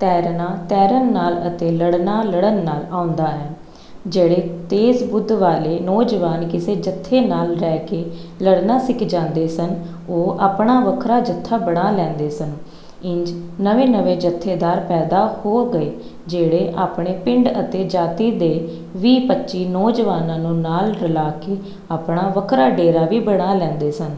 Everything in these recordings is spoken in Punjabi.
ਤੈਰਨਾ ਤੈਰਨ ਨਾਲ ਅਤੇ ਲੜਨਾ ਲੜਨ ਨਾਲ ਆਉਂਦਾ ਹੈ। ਜਿਹੜੇ ਤੇਜ਼-ਬੁੱਧ ਵਾਲੇ ਨੌਜਵਾਨ ਕਿਸੇ ਜੱਥੇ ਨਾਲ ਰਹਿ ਕੇ ਲੜਨਾ ਸਿੱਖ ਜਾਂਦੇ ਸਨ ਉਹ ਆਪਣਾ ਵੱਖਰਾ ਜੱਥਾ ਬਣਾ ਲੈਂਦੇ ਸਨ। ਇੰਜ ਨਵੇਂ-ਨਵੇਂ ਜੱਥੇਦਾਰ ਪੈਦਾ ਹੋ ਗਏ ਜਿਹੜੇ ਆਪਣੇ ਪਿੰਡ ਅਤੇ ਜਾਤੀ ਦੇ ਵੀਹ-ਪੱਚੀ ਨੌਜਵਾਨਾਂ ਨੂੰ ਨਾਲ ਰਲਾ ਕੇ ਆਪਣਾ ਵੱਖਰਾ ਡੇਰਾ ਵੀ ਬਣਾ ਲੈਂਦੇ ਸਨ।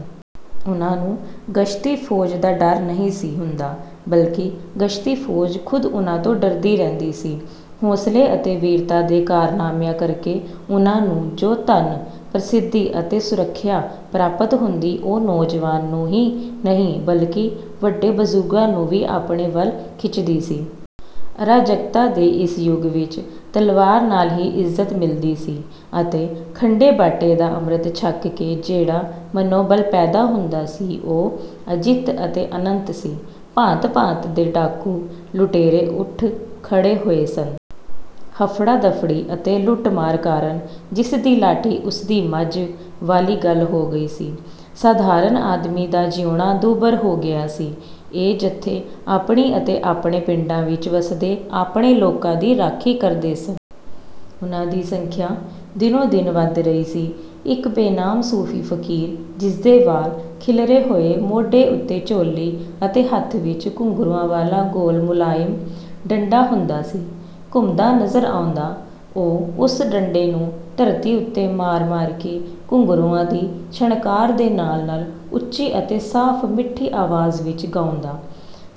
ਉਹਨਾਂ ਨੂੰ ਗਸ਼ਤੀ ਫੌਜ ਦਾ ਡਰ ਨਹੀਂ ਸੀ ਹੁੰਦਾ ਬਲਕਿ ਗਸ਼ਤੀ ਫੌਜ ਖ਼ੁਦ ਉਹਨਾਂ ਤੋਂ ਡਰਦੀ ਰਹਿੰਦੀ ਸੀ। ਹੌਂਸਲੇ ਅਤੇ ਵੀਰਤਾ ਦੇ ਕਾਰਨਾਮਿਆਂ ਕਰਕੇ ਉਹਨਾਂ ਨੂੰ ਜੋ ਧਨ, ਪ੍ਰਸਿੱਧੀ ਅਤੇ ਸੁਰੱਖਿਆ ਪ੍ਰਾਪਤ ਹੁੰਦੀ ਉਹ ਨੌਜਵਾਨਾਂ ਨੂੰ ਹੀ ਨਹੀਂ ਬਲਕਿ ਵੱਡੇ ਬਜ਼ੁਰਗਾਂ ਨੂੰ ਵੀ ਆਪਣੇ ਵੱਲ ਖਿੱਚਦੀ ਸੀ। ਅਰਾਜਕਤਾ ਦੇ ਇਸ ਯੁੱਗ ਵਿੱਚ ਤਲਵਾਰ ਨਾਲ ਹੀ ਇੱਜ਼ਤ ਮਿਲਦੀ ਸੀ ਅਤੇ ਖੰਡੇ-ਬਾਟੇ ਦਾ ਅੰਮ੍ਰਿਤ ਛਕ ਕੇ ਜਿਹੜਾ ਮਨੋਬਲ ਪੈਦਾ ਹੁੰਦਾ ਸੀ ਉਹ ਅਜਿੱਤ ਅਤੇ ਅਨੰਤ ਸੀ। ਭਾਂਤ-ਭਾਂਤ ਦੇ ਡਾਕੂ-ਲੁਟੇਰੇ ਉੱਠ ਖੜ੍ਹੇ ਹੋਏ ਸਨ। ਹਫੜਾ-ਦਫੜੀ ਅਤੇ ਲੁੱਟ-ਮਾਰ ਕਾਰਨ "ਜਿਸਦੀ ਲਾਠੀ ਉਸਦੀ ਮੱਝ" ਵਾਲੀ ਗੱਲ ਹੋ ਗਈ ਸੀ। ਸਾਧਾਰਨ ਆਦਮੀ ਦਾ ਜਿਉਣਾ ਦੁੱਭਰ ਹੋ ਗਿਆ ਸੀ। ਇਹ ਜੱਥੇ ਆਪਣੀ ਅਤੇ ਆਪਣੇ ਪਿੰਡਾਂ ਵਿੱਚ ਵੱਸਦੇ ਆਪਣੇ ਲੋਕਾਂ ਦੀ ਰਾਖੀ ਕਰਦੇ ਸੀ। ਉਹਨਾਂ ਦੀ ਸੰਖਿਆ ਦਿਨੋਂ-ਦਿਨ ਵਧ ਰਹੀ ਸੀ। ਇੱਕ ਬੇਨਾਮ ਸੂਫੀ ਫਕੀਰ ਜਿਸਦੇ ਵਾਲ ਖਿੱਲਰੇ ਹੋਏ ਮੋਢੇ ਉੱਤੇ ਝੋਲੀ ਅਤੇ ਹੱਥ ਵਿੱਚ ਘੁੰਗਰੂਆਂ ਵਾਲਾ ਗੋਲ ਮੁਲਾਇਮ ਡੰਡਾ ਹੁੰਦਾ ਸੀ ਘੁੰਮਦਾ ਨਜ਼ਰ ਆਉਂਦਾ। ਉਹ ਉਸ ਡੰਡੇ ਨੂੰ ਧਰਤੀ ਉੱਤੇ ਮਾਰ-ਮਾਰ ਕੇ ਘੁੰਗਰੂਆਂ ਦੀ ਛਣਕਾਰ ਦੇ ਨਾਲ-ਨਾਲ ਉੱਚੀ ਅਤੇ ਸਾਫ਼-ਮਿੱਠੀ ਆਵਾਜ਼ ਵਿੱਚ ਗਾਉਂਦਾ,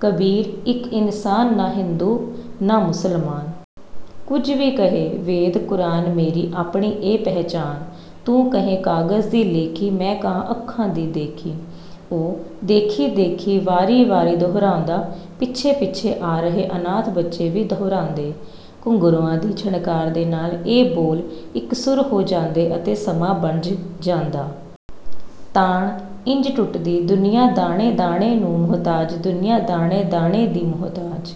"ਕਬੀਰ ਇੱਕ ਇਨਸਾਨ ਨਾ ਹਿੰਦੂ ਨਾ ਮੁਸਲਮਾਨ। ਕੁਝ ਵੀ ਕਹੇ ਵੇਦ ਕੁਰਾਨ ਮੇਰੀ ਆਪਣੀ ਇਹ ਪਹਿਚਾਨ। ਤੂੰ ਕਹੇਂ ਕਾਗਜ਼ ਦੀ ਲੇਖੀ ਮੈਂ ਕਹਾਂ ਅੱਖਾਂ ਦੀ ਦੇਖੀ।" ਉਹ "ਦੇਖੀ-ਦੇਖੀ" ਵਾਰੀ-ਵਾਰੀ ਦੁਹਰਾਉਂਦਾ ਪਿੱਛੇ-ਪਿੱਛੇ ਆ ਰਹੇ ਅਨਾਥ ਬੱਚੇ ਵੀ ਦੁਹਰਾਉਂਦੇ। ਘੁੰਗਰੂਆਂ ਦੀ ਛਣਕਾਰ ਦੇ ਨਾਲ ਇਹ ਬੋਲ ਇਕਸੁਰ ਹੋ ਜਾਂਦੇ ਅਤੇ ਸਮਾਂ ਬੱਝ ਜਾਂਦਾ। ਤਾਣ ਇੰਜ ਟੁੱਟਦੀ "ਦੁਨੀਆਂ ਦਾਣੇ-ਦਾਣੇ ਨੂੰ ਮੁਹਤਾਜ ਦੁਨੀਆਂ ਦਾਣੇ-ਦਾਣੇ ਦੀ ਮੁਹਤਾਜ"।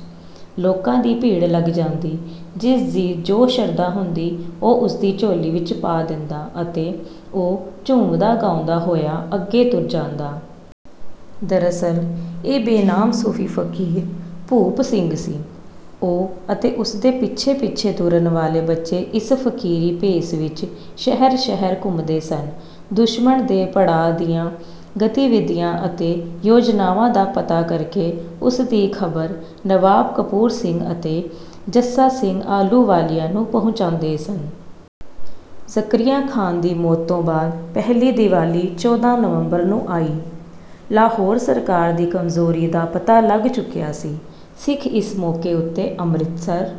ਲੋਕਾਂ ਦੀ ਭੀੜ ਲੱਗ ਜਾਂਦੀ। ਜਿਸਦੀ ਜੋ ਸ਼ਰਧਾ ਹੁੰਦੀ ਉਹ ਉਸਦੀ ਝੋਲੀ ਵਿੱਚ ਪਾ ਦਿੰਦਾ ਅਤੇ ਉਹ ਝੂਮਦਾ-ਗਾਉਂਦਾ ਹੋਇਆ ਅੱਗੇ ਤੁਰ ਜਾਂਦਾ। ਦਰਅਸਲ ਇਹ ਬੇਨਾਮ ਸੂਫੀ ਫਕੀਰ ਭੂਪ ਸਿੰਘ ਸੀ। ਉਹ ਅਤੇ ਉਸਦੇ ਪਿੱਛੇ-ਪਿੱਛੇ ਤੁਰਨ ਵਾਲੇ ਬੱਚੇ ਇਸ ਫਕੀਰੀ ਭੇਸ ਵਿੱਚ ਸ਼ਹਿਰ-ਸ਼ਹਿਰ ਘੁੰਮਦੇ ਸਨ ਦੁਸ਼ਮਣ ਦੇ ਪੜਾਅ ਦੀਆਂ ਗਤੀਵਿਧੀਆਂ ਅਤੇ ਯੋਜਨਾਵਾਂ ਦਾ ਪਤਾ ਕਰਕੇ ਉਸ ਦੀ ਖ਼ਬਰ ਨਵਾਬ ਕਪੂਰ ਸਿੰਘ ਅਤੇ ਜੱਸਾ ਸਿੰਘ ਆਹਲੂਵਾਲੀਆ ਨੂੰ ਪਹੁੰਚਾਉਂਦੇ ਸਨ। ਜ਼ਕਰੀਆ ਖਾਂ ਦੀ ਮੌਤ ਤੋਂ ਬਾਅਦ ਪਹਿਲੀ ਦੀਵਾਲੀ ਚੌਦਾਂ ਨਵੰਬਰ ਨੂੰ ਆਈ। ਲਾਹੌਰ ਸਰਕਾਰ ਦੀ ਕਮਜ਼ੋਰੀ ਦਾ ਪਤਾ ਲੱਗ ਚੁੱਕਿਆ ਸੀ। ਸਿੱਖ ਇਸ ਮੌਕੇ ਉੱਤੇ ਅੰਮ੍ਰਿਤਸਰ